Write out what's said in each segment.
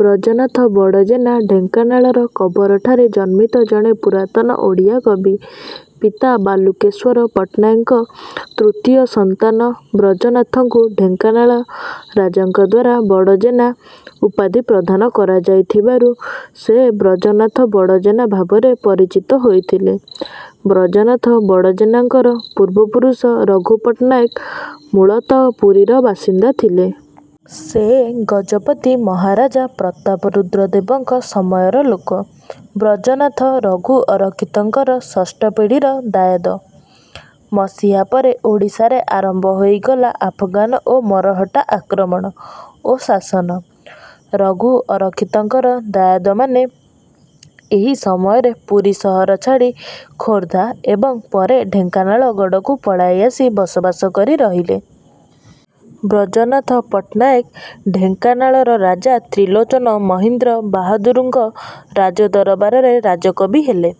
ବ୍ରଜନାଥ ବଡ଼ଜେନା ଢେଙ୍କାନାଳର କବରାଠାରେ ଜନ୍ମିତ ଜଣେ ପୁରାତନ ଓଡ଼ିଆ କବି। ପିତା ବାଲୁକେଶ୍ୱର ପଟ୍ଟନାୟକଙ୍କ ତୃତୀୟ ସନ୍ତାନ ବ୍ରଜନାଥଙ୍କୁ ଢେଙ୍କାନାଳ ରାଜାଙ୍କଦ୍ୱାରା ବଡ଼ଜେନା ଉପାଧି ପ୍ରଦାନ କରାଯାଇଥିବାରୁ, ସେ ବ୍ରଜନାଥ ବଡ଼ଜେନା ଭାବରେ ପରିଚିତ ହୋଇଥିଲେ। ବ୍ରଜନାଥ ବଡ଼ଜେନା ଙ୍କର ପୂର୍ବ ପୁରୁଷ ରଘୁ ପଟ୍ଟନାୟକ ମୂଳତଃ ପୁରୀର ବାସିନ୍ଦା ଥିଲେ। ସେ ଗଜପତି ମହାରାଜା ପ୍ରତାପରୁଦ୍ର ଦେବଙ୍କ ସମୟର ଲୋକ। ବ୍ରଜନାଥ, ରଘୁ ଅରକ୍ଷିତଙ୍କର ଷଷ୍ଠ ପିଢିର ଦାୟାଦ। ମସିହା ପରେ ଓଡ଼ିଶାରେ ଆରମ୍ଭ ହୋଇଗଲା ଆଫଗାନ ଓ ମରହଟ୍ଟା ଆକ୍ରମଣ ଓ ଶାସନ। ରଘୁ ଅରକ୍ଷିତଙ୍କର ଦାୟାଦମାନେ ଏହି ସମୟରେ ପୁରୀ ସହର ଛାଡ଼ି ଖୋର୍ଦ୍ଧା ଏବଂ ପରେ ଢେଙ୍କାନାଳଗଡ଼କୁ ପଳାଇ ଆସି ବସବାସ କରି ରହିଲେ। ବ୍ରଜନାଥ ପଟ୍ଟନାୟକ ଢେଙ୍କାନାଳର ରାଜା ତ୍ରିଲୋଚନ ମହୀନ୍ଦ୍ର ବାହାଦୁରଙ୍କ ରାଜ ଦରବାରର ରାଜକବି ହେଲେ।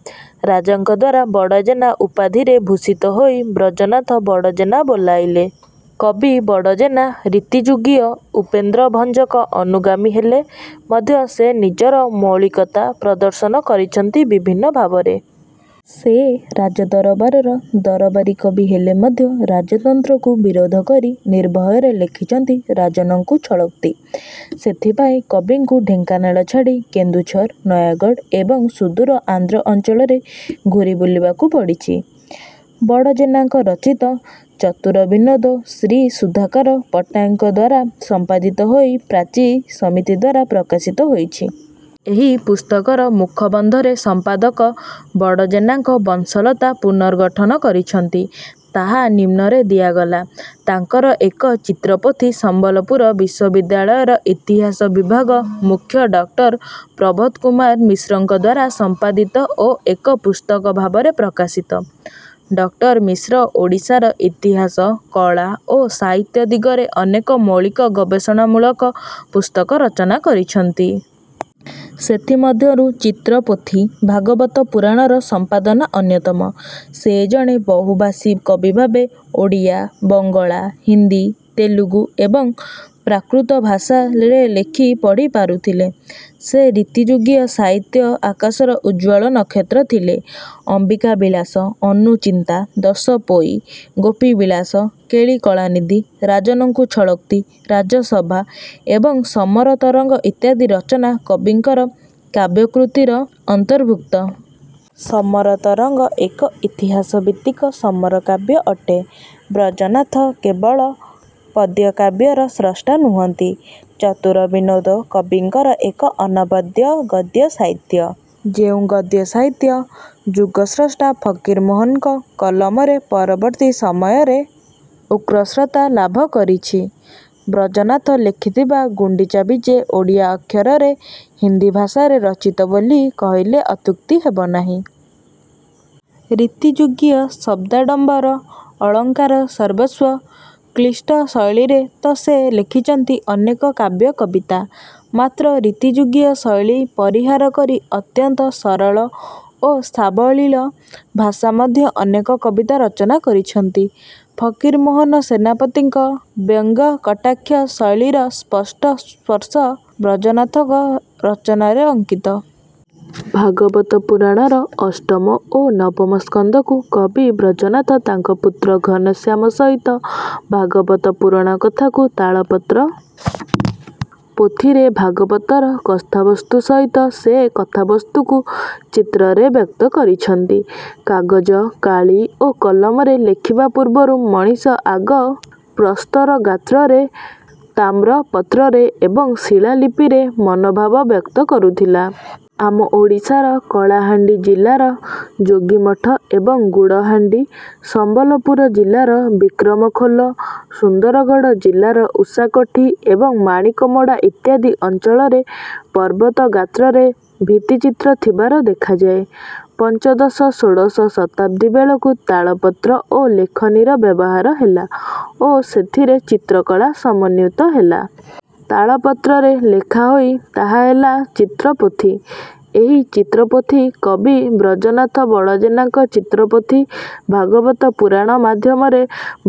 ରାଜାଙ୍କଦ୍ୱାରା 'ବଡ଼ଜେନା' ଉପାଧିରେ ଭୂଷିତ ହୋଇ ବ୍ରଜନାଥ ବଡ଼ଜେନା ବୋଲାଇଲେ। କବି ବଡଜେନା ରୀତିଯୁଗୀୟ ଉପେନ୍ଦ୍ର ଭଞ୍ଜଙ୍କ ଅନୁଗାମୀ ହେଲେ ମଧ୍ୟ ସେ ନିଜର ମୌଳିକତା ପ୍ରଦର୍ଶନ କରିଛନ୍ତି ବିଭିନ୍ନ ଭାବରେ। ସେ ରାଜ ଦରବାରର ଦରବାରୀ କବି ହେଲେ ମଧ୍ୟ ରାଜତନ୍ତ୍ରକୁ ବିରୋଧ କରି ନିର୍ଭୟରେ ଲେଖିଛନ୍ତି 'ରାଜନଙ୍କୁ ଛଳୋକ୍ତି'। ସେଥିପାଇଁ କବିଙ୍କୁ ଢେଙ୍କାନାଳ ଛାଡ଼ି କେନ୍ଦୁଝର, ନୟାଗଡ଼ ଏବଂ ସୁଦୂର ଆନ୍ଧ୍ର ଅଞ୍ଚଳରେ ଘୂରି ବୁଲିବାକୁ ପଡ଼ିଛି। ବଡ଼ଜେନାଙ୍କ ରଚିତ ଚତୁରବିନୋଦ ଶ୍ରୀ ସୁଧାକର ପଟ୍ଟନାୟକଙ୍କଦ୍ୱାରା ସମ୍ପାଦିତ ହୋଇ ପ୍ରାଚୀ ସମିତିଦ୍ୱାରା ପ୍ରକାଶିତ ହୋଇଛି। ଏହି ପୁସ୍ତକର ମୁଖବନ୍ଧରେ ସମ୍ପାଦକ ବଡ଼ଜେନାଙ୍କ ବଂଶଲତା ପୁନର୍ଗଠନ କରିଛନ୍ତି। ତାହା ନିମ୍ନରେ ଦିଆଗଲା। ତାଙ୍କର ଏକ ଚିତ୍ରପୋଥି ସମ୍ବଲପୁର ବିଶ୍ୱବିଦ୍ୟାଳୟର ଇତିହାସ ବିଭାଗ ମୁଖ୍ୟ ଡଃ ପ୍ରବୋଧ କୁମାର ମିଶ୍ରଙ୍କଦ୍ୱାରା ସମ୍ପାଦିତ ଓ ଏକ ପୁସ୍ତକଭାବରେ ପ୍ରକାଶିତ। ଡଃ ମିଶ୍ର ଓଡ଼ିଶାର ଇତିହାସ, କଳା ଓ ସାହିତ୍ୟ ଦିଗରେ ଅନେକ ମୌଳିକ ଗବେଷଣାମୂଳକ ପୁସ୍ତକ ରଚନା କରିଛନ୍ତି। ସେଥି ମଧ୍ୟରୁ ଚିତ୍ରପୋଥି-ଭାଗବତ ପୁରାଣର ସମ୍ପାଦନା ଅନ୍ୟତମ। ସେ ଜଣେ ବହୁ ଭାଷୀ କବି ଭାବେ ଓଡ଼ିଆ, ବଙ୍ଗଳା, ହିନ୍ଦୀ, ତେଲୁଗୁ ଏବଂ ପ୍ରାକୃତ ଭାଷାରେ ଲେଖି ପଢ଼ି ପାରୁଥିଲେ। ସେ ରୀତିଯୁଗୀୟ ସାହିତ୍ୟ ଆକାଶର ଉଜ୍ଜ୍ୱଳ ନକ୍ଷତ୍ର ଥିଲେ। ଅମ୍ବିକା ବିଳାସ, ଅନୁଚିନ୍ତା, ଦଶପୋଇ, ଗୋପୀ ବିଳାସ, କେଳି କଳାନିଧି, ରାଜନଙ୍କୁ ଛଳୋକ୍ତି, ରାଜସଭା ଏବଂ ସମର ତରଙ୍ଗ ଇତ୍ୟାଦି ରଚନା କବିଙ୍କର କାବ୍ୟକୃତିର ଅନ୍ତର୍ଭୁକ୍ତ। ସମର ତରଙ୍ଗ ଏକ ଇତିହାସଭିତ୍ତିକ ସମର କାବ୍ୟ ଅଟେ। ବ୍ରଜନାଥ କେବଳ ପଦ୍ୟକାବ୍ୟର ସ୍ରଷ୍ଟା ନୁହଁନ୍ତି, ଚତୁର ବିନୋଦ କବିଙ୍କର ଏକ ଅନବଦ୍ୟ ଗଦ୍ୟସାହିତ୍ୟ, ଯେଉଁ ଗଦ୍ୟସାହିତ୍ୟ ଯୁଗସ୍ରଷ୍ଟା ଫକିରମୋହନଙ୍କ କଲମରେ ପରବର୍ତ୍ତୀ ସମୟରେ ଉକ୍ରର୍ଷତା ଲାଭ କରିଛି। ବ୍ରଜନାଥ ଲେଖିଥିବା 'ଗୁଣ୍ଡିଚା ବିଜେ' ଓଡ଼ିଆ ଅକ୍ଷରରେ ହିନ୍ଦୀ ଭାଷାରେ ରଚିତ ବୋଲି କହିଲେ ଅତ୍ୟୁକ୍ତି ହେବ ନାହିଁ। ରୀତିଯୁଗୀୟ ଶବ୍ଦାଡମ୍ବର, ଅଳଙ୍କାର-ସର୍ବସ୍ୱ, କ୍ଳିଷ୍ଟ ଶୈଳୀରେ ତ ସେ ଲେଖିଛନ୍ତି ଅନେକ କାବ୍ୟ କବିତା; ମାତ୍ର ରୀତିଯୁଗୀୟ ଶୈଳୀ ପରିହାର କରି ଅତ୍ୟନ୍ତ ସରଳ ଓ ସାବଲୀଳ ଭାଷାରେ ମଧ୍ୟ ଅନେକ କବିତା ରଚନା କରିଛନ୍ତି। ଫକିରମୋହନ ସେନାପତିଙ୍କ ବ୍ୟଙ୍ଗ-କଟାକ୍ଷ ଶୈଳୀର ସ୍ପଷ୍ଟ ସ୍ପର୍ଶ ବ୍ରଜନାଥଙ୍କ ରଚନାରେ ଅଙ୍କିତ। ଭାଗବତ ପୁରାଣର ଅଷ୍ଟମ ଓ ନବମ ସ୍କନ୍ଧକୁ କବି ବ୍ରଜନାଥ ତାଙ୍କ ପୁତ୍ର ଘନଶ୍ୟାମ ସହିତ ଭାଗବତ ପୁରାଣ କଥାକୁ ତାଳପତ୍ର ପୋଥିରେ ଭାଗବତର କଥାବସ୍ତୁ ସହିତ ସେ କଥାବସ୍ତୁକୁ ଚିତ୍ରରେ ବ୍ୟକ୍ତ କରିଛନ୍ତି। କାଗଜ, କାଳି ଓ କଲମରେ ଲେଖିବା ପୂର୍ବରୁ ମଣିଷ ଆଗ ପ୍ରସ୍ତରଗାତ୍ରରେ, ତାମ୍ରପତ୍ରରେ ଏବଂ ଶିଳାଲିପିରେ ମନୋଭାବ ବ୍ୟକ୍ତ କରୁଥିଲା। ଆମ ଓଡ଼ିଶାର କଳାହାଣ୍ଡି ଜିଲାର ଯୋଗୀମଠ ଏବଂ ଗୁଡ଼ହାଣ୍ଡି, ସମ୍ବଲପୁର ଜିଲାର ବିକ୍ରମଖୋଲ, ସୁନ୍ଦରଗଡ଼ ଜିଲାର ଉଷାକୋଠି ଏବଂ ମାଣିକମୋଡ଼ା ଇତ୍ୟାଦି ଅଞ୍ଚଳରେ ପର୍ବତ ଗାତ୍ରରେ ଭିତ୍ତିଚିତ୍ର ଥିବାର ଦେଖାଯାଏ। ପଞ୍ଚଦଶ-ଷୋଡ଼ଶ ଶତାବ୍ଦୀବେଳକୁ ତାଳପତ୍ର ଓ ଲେଖନୀର ବ୍ୟବହାର ହେଲା ଓ ସେଥିରେ ଚିତ୍ରକଳା ସମନ୍ୱିତ ହେଲା। ତାଳପତ୍ରରେ ଲେଖାହୋଇ ତାହା ହେଲା ଚିତ୍ରପୋଥି। ଏହି ଚିତ୍ରପୋଥି କବି ବ୍ରଜନାଥ ବଡ଼ଜେନାଙ୍କ ଚିତ୍ରପୋଥି 'ଭାଗବତ ପୁରାଣ' ମାଧ୍ୟମରେ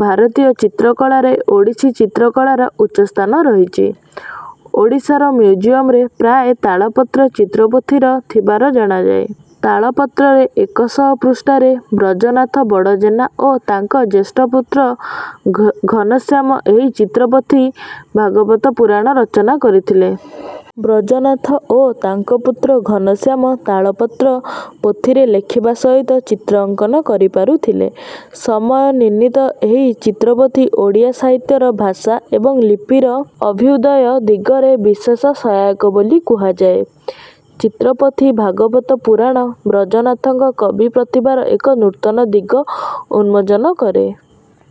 ଭାରତୀୟ ଚିତ୍ରକଳାରେ ଓଡ଼ିଶୀ ଚିତ୍ରକଳାର ଉଚ୍ଚସ୍ଥାନ ରହିଛି।। ଓଡ଼ିଶାର ମ୍ୟୁଜିୟମରେ ପ୍ରାୟ ତାଳପତ୍ର ଚିତ୍ରପୋଥିର ଥିବାର ଜଣାଯାଏ।। ତାଳପତ୍ରରେ ଏକ ଶହ ପୃଷ୍ଠାରେ ବ୍ରଜନାଥ ବଡ଼ଜେନା ଓ ତାଙ୍କ ଜ୍ୟେଷ୍ଠପୁତ୍ର ଘନଶ୍ୟାମ ଏହି ଚିତ୍ରପୋଥି ଭାଗବତ ପୁରାଣ ରଚନା କରିଥିଲେ। ବ୍ରଜନାଥ ଓ ତାଙ୍କ ପୁତ୍ର ଘନଶ୍ୟାମ ତାଳପତ୍ର ପୋଥିରେ ଲେଖିବା ସହିତ ଚିତ୍ର ଅଙ୍କନ କରି ପାରୁଥିଲେ। ସମୟ ନିର୍ଣ୍ଣିତ ଏହି ଚିତ୍ରପୋଥି ଓଡ଼ିଆ ସାହିତ୍ୟର ଭାଷା ଏବଂ ଲିପିର ଅଭୁ୍ୟଦୟ ଦିଗରେ ବିଶେଷ ସହାୟକ ବୋଲି କୁହାଯାଏ। ଚିତ୍ରପୋଥି -ଭାଗବତ ପୁରାଣ ବ୍ରଜନାଥଙ୍କ କବି ପ୍ରତିଭାର ଏକ ନୂତନ ଦିଗ ଉନ୍ମୋଚନ କରେ।।